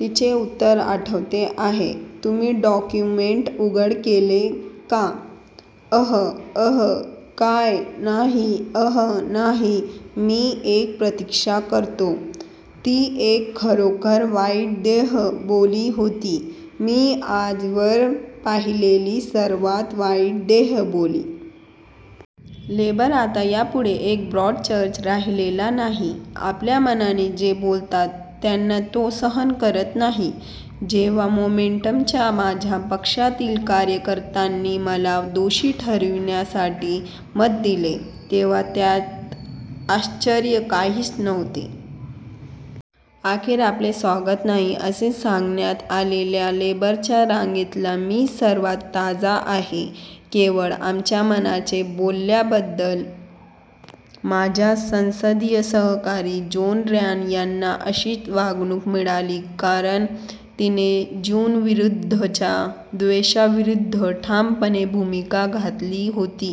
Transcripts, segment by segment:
तिचं उत्तर आठवते आहे? तुम्ही डॉक्युमेंट उघड केले का? अह, अह, काय. नाही, अह नाही, मी एक प्रतीक्षा करतो – ती एक खरोखर वाईट देह बोली होती – मी आजवर पाहिलेली सर्वात वाईट देह बोली. " लेबर आता यापुढे एक ब्रॉड चर्च राहिलेला नाही. आपल्या मनाने जे बोलतात त्यांना तो सहन करत नाही जेव्हा मोमेन्टमच्या माझ्या पक्षातील कार्यकर्त्यांनी मला दोषी ठरविण्यासाठी मत दिलं, तेव्हा त्यात आश्चर्य काहीच नव्हतं. अखेर, आपले स्वागत नाही असे सांगण्यात आलेल्या लेबर च्या रांगेतला मी सर्वात ताजा आहे – केवळ आमच्या मनाचे बोलल्याबद्दल. माझ्या संसदीय सहकारी जोन रेयान यांना अशीच वागणूक मिळाली कारण तिने ज्यूंविरुद्धच्या द्वेषाविरुद्ध ठामपणे भूमिका घेतली होती.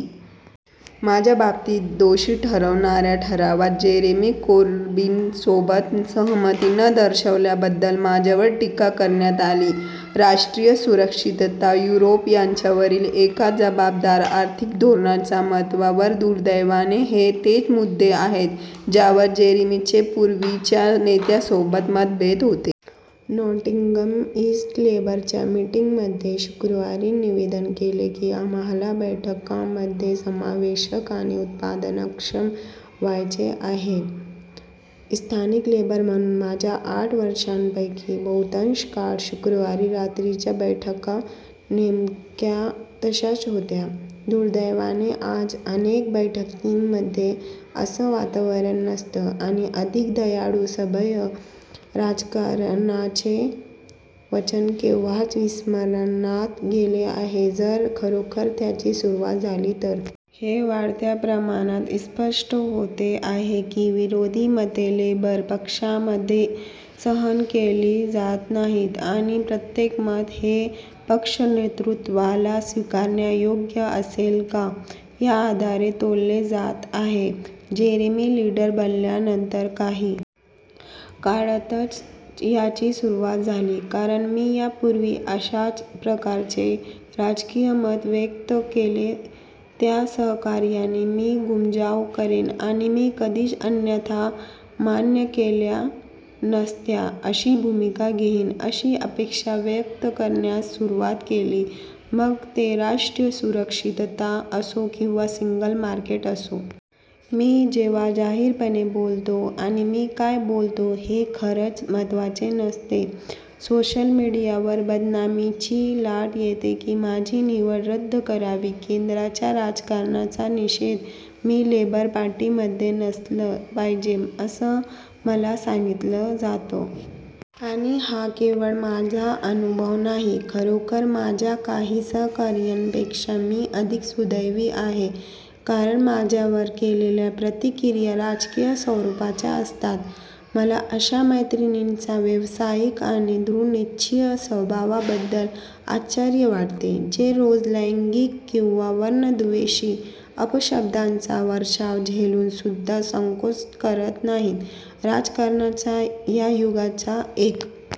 माझ्या बाबतीत, दोषी ठरवणाऱ्या ठरावात जेरेमी कोरबिनसोबत सहमती न दर्शवल्याबद्दल माझ्यावर टीका करण्यात आली. राष्ट्रीय सुरक्षितता, युरोप यांच्यावरील एका जबाबदार आर्थिक धोरणाच्या महत्वावर, दुर्दैवाने हे तेच मुद्दे आहेत ज्यावर जेरेमीचे पूर्वीच्या नेत्यांसोबत मतभेद होते. नॉटिंघम ईस्ट लेबरच्या मीटिंगमध्ये शुक्रवारी निवेदन केले की "आम्हाला बैठकांमध्ये समावेशक आणि उत्पादनक्षम व्हायचे आहे. " स्थानिक लेबर म्हणून माझ्या आठ वर्षांपैकी बहुतांश काळ, शुक्रवारी रात्रीच्या बैठका नेमक्या तशाच होत्या. दुर्दैवाने आज, अनेक बैठकींमध्ये असं वातावरण नसतं आणि "अधिक दयाळू, सभ्य," राजकारणाचे वचन केव्हाच विस्मरणात गेले आहे जर, खरोखर त्याची सुरुवात झाली तर. हे वाढत्या प्रमाणात स्पष्ट होते आहे की विरोधी मते लेबर पक्षामध्ये सहन केली जात नाहीत आणि प्रत्येक मत हे पक्ष नेतृत्वाला स्विकारण्यायोग्य असेल का या आधारे तोलले जात आहे. जेरेमी लिडर बनल्यानंतर काही काळातच याची सुरुवात झाली, कारण मी यापूर्वी अशाच प्रकारचे राजकीय मत व्यक्त केले त्या सहकाऱ्यांनी मी घूमजाव करेन आणि मी कधीच अन्यथा मान्य केल्या नसत्या अशी भूमिका घेईन अशी अपेक्षा व्यक्त करण्यास सुरुवात केली – मग ते राष्ट्रीय सुरक्षितता असो किंवा सिंगल मार्केट असो. मी जेव्हा जाहीरपणे बोलतो – आणि मी काय बोलतो हे खरंच महत्वाचे नसते – सोशल मीडियावर बदनामीची लाट येते की माझी निवड रद्द करावी, केंद्राच्या राजकारणाचा निषेध, मी लेबर पार्टीमध्ये नसलं पाहिजे असं मला सांगितलं जातं. आणि हा केवळ माझा अनुभव नाही. खरोखर, माझ्या काही सहकाऱ्यांपेक्षा मी अधिक सुदैवी आहे कारण माझ्यावर केलेल्या प्रतिक्रिया राजकीय स्वरुपाच्या असतात. मला अशा मैत्रिणींच्या व्यावसायिक आणि दृढनिश्चयी स्वभावाबद्दल आश्चर्य वाटते, जे रोज लैंगिक किंवा वर्णद्वेषी अपशब्दांचा वर्षाव झेलून सुद्धा संकोच करत नाहीत. राजकारणाच्या या युगाचा एक